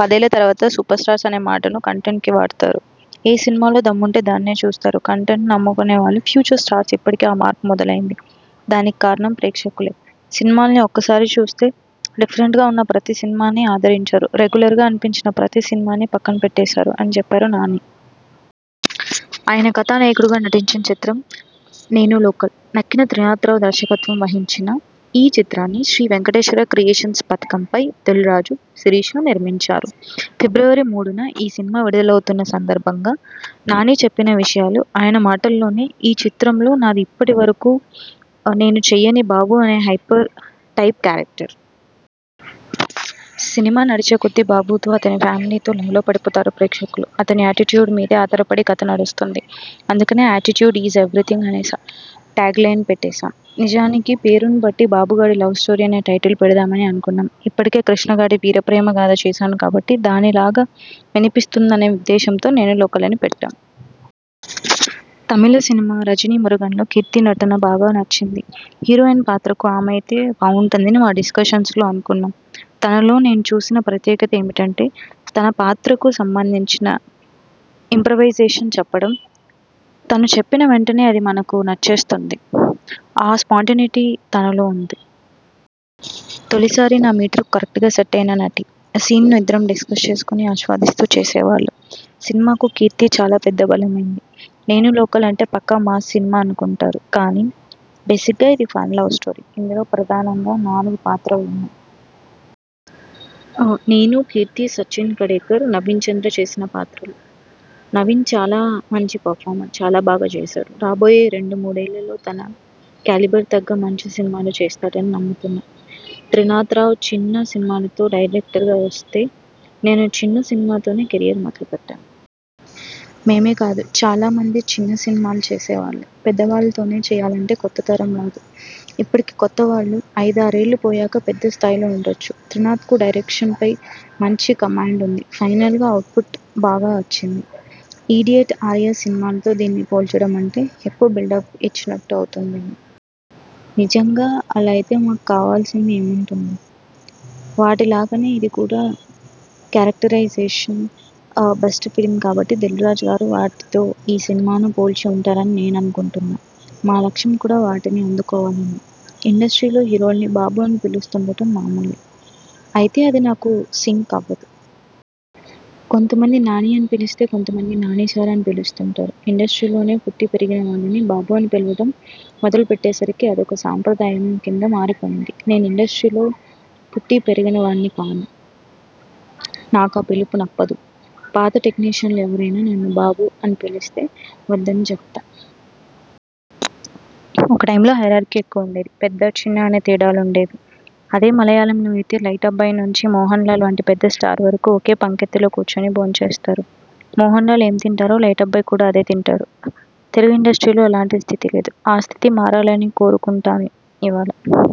పదేళ్ల తర్వాత 'సూపర్స్టార్' అనే మాటను కంటెంట్కు వాడతారు. ఏ సినిమాలో దమ్ముంటే దాన్నే చూస్తారు. కంటెంట్ను నమ్ముకున్నవాళ్లే ఫ్యూచర్ స్టార్స్ ఇప్పటికే ఆ మార్పు మొదలైంది. దానికి కారణం ప్రేక్షకులే. సినిమాల్ని ఓసారి చూస్తే.. డిఫరెంట్గా ఉన్న ప్రతి సినిమానీ ఆదరించారు. రెగ్యులర్ అనిపించిన ప్రతి సినిమానీ పక్కన పెట్టేశారు'' అని చెప్పారు నాని. ఆయన కథానాయకుడిగా నటించిన చిత్రం 'నేను లోకల్'. నక్కిన త్రినాథరావు దర్శకత్వం వహించిన ఈ చిత్రాన్ని శ్రీ వెంకటేశ్వర క్రియేషన్స్ పతాకంపై దిల్ రాజు, శిరీష్ నిర్మించారు. ఫిబ్రవరి మూడున ఈ సినిమా విడుదలవుతున్న సందర్భంగా నాని చెప్పిన విషయాలు ఆయన మాటల్లోనేఈ చిత్రంలో నాది ఇప్పటివరకూ నేను చెయ్యని బాబు అనే హైపర్ టైప్ కేరక్టర్. సినిమా నడిచే కొద్దీ బాబుతో, అతని ఫ్యామిలీతో లవ్లో పడిపోతారు ప్రేక్షకులు. అతని యాటిట్యూడ్ మీద ఆధారపడే కథ నడుస్తుంది. అందుకనే 'యాటిట్యూడ్ ఈజ్ ఎవిరిథింగ్' అనే ట్యాగ్లైన్ పెట్టాం. నిజానికి పేరునుబట్టి 'బాబుగాడి లవ్స్టోరీ' అనే టైటిల్ పెడదామని అనుకున్నాం. ఇప్పటికే 'కృష్ణగాడి వీరప్రేమగాథ' చేశాను కాబట్టి, దానిలాగే వినిపిస్తుందనే ఉద్దేశంతో 'నేను లోకల్' అని పెట్టాం. తమిళ సినిమా 'రజనీ మురుగన్'లో కీర్తి నటన బాగా నచ్చింది. హీరోయిన్ పాత్రకు ఆమె అయితే బాగుంటుందని మా డిస్కషన్స్లో అనుకున్నాం. తనలో నేను చూసిన ప్రత్యేకత ఏమిటంటే.. తన పాత్రకు సంబంధించిన ఇంప్రొవైజేషన్ చెప్పడం. తను చెప్పిన వెంటనే అది మనకు నచ్చేస్తుంది. ఆ స్పాంటేనిటీ తనలో ఉంది. తొలిసారి నా మీటర్కు కరెక్టుగా సెట్ అయిన నటి. సీనను ఇద్దరం డిస్కస్ చేసుకొని, ఆస్వాదిస్తూ చేసేవాళ్లం. సినిమాకు కీర్తి చాలా పెద్ద బలమైంది. 'నేను లోకల్' అంటే పక్కా మాస్ సినిమా అనుకుంటారు కానీ, బేసిగ్గా ఇది ఫన లవ్స్టోరీ. ఇందులో ప్రధానంగా నాలుగు పాత్రలున్నాయి. నేను, కీర్తి, సచిన్ ఖడేకర్, నవీనచంద్ర చేసిన పాత్రలు. నవీన చాలా మంచి పర్ఫార్మర్. చాలా బాగా చేశాడు. రాబోయే రెండు మూడేళ్లలో తన కేలిబర్కు తగ్గ మంచి సినిమాలు చేస్తాడని నమ్ముతున్నా. త్రినాథరావు చిన్న సినిమాలతో డైరెక్టర్గా వస్తే, నేనూ చిన్న సినిమాలతోనే కెరీర్ మొదలుపెట్టాను. మేమే కాదు, చాలామంది చిన్న సినిమాలు చేసినవాళ్లే. పెద్దవాళ్లతోనే చెయ్యాలంటే కొత్త తరం రాదు. ఇప్పటి కొత్తవాళ్లు ఐదారేళ్లు పోయాక పెద్ద స్థాయిలో ఉండొచ్చు. త్రినాథ్కు డైరెక్షన్పై మంచి కమాండ్ ఉంది. ఫైనల్గా ఔట్పుట్ బాగా వచ్చింది. 'ఇడియట్', 'ఆర్య' సినిమాలతో దీన్ని పోల్చడం అంటే ఎక్కువ బిల్డప్ ఇచ్చినట్లు అవుతుందేమో. నిజంగా అలా అయితే మాకు కావాల్సింది ఏముంటుంది! వాటిలాగేనే ఇది కూడా క్యారెక్టరేజేషన్ బేస్డ్ ఫిల్మ్ కాబట్టి దిల్ రాజుగారు వాటితో ఈ సినిమాను పోల్చి ఉంటారని నేననుకుంటాను. మా లక్ష్యం కూడా వాటిని అందుకోవాలనే. ఇండస్ట్రీలో హీరోల్ని 'బాబు' అని పిలుస్తుండటం మామూలే. అయితే అది నాకు సింక్ అవదు. కొంతమంది 'నాని' అని పిలిస్తే, కొంతమంది 'నాని సార్' అని పిలుస్తుంటారు. ఇండస్ట్రీలోనే పుట్టి పెరిగినవాళ్లని బాబు అని పిలవడం మొదలుపెట్టేసరికి అదొక సాంప్రదాయం కింద మారిపోయింది. నేను ఇండస్ట్రీలో పుట్టిపెరిగినవాడ్ని కాను. నాకా పిలుపు నప్పదు. పాత టెక్నీషియన్లు ఎవరైనా నన్ను 'బాబూ' అని పిలిస్తే వద్దని చెబుతా. ఒక టైమ్లో హైరార్కీ ఎక్కువుండేది. పెద్ద, చిన్న అనే తేడాలుండేవి. అదే మలయాళంలో అయితే లైట్బాయ్ నుంచి మోహన్లాల్ వంటి పెద్ద స్టార్ వరకు ఒకే పంక్తిలో కూర్చొని భోంచేస్తారు. మోహన్లాల్ ఏం తింటారో, లైట్బాయ్ కూడా అదే తింటాడు. తెలుగు ఇండస్ట్రీలో అలాంటి స్థితి లేదు. ఆ స్థితి మారాలని కోరుకుంటాను. ఇవాళ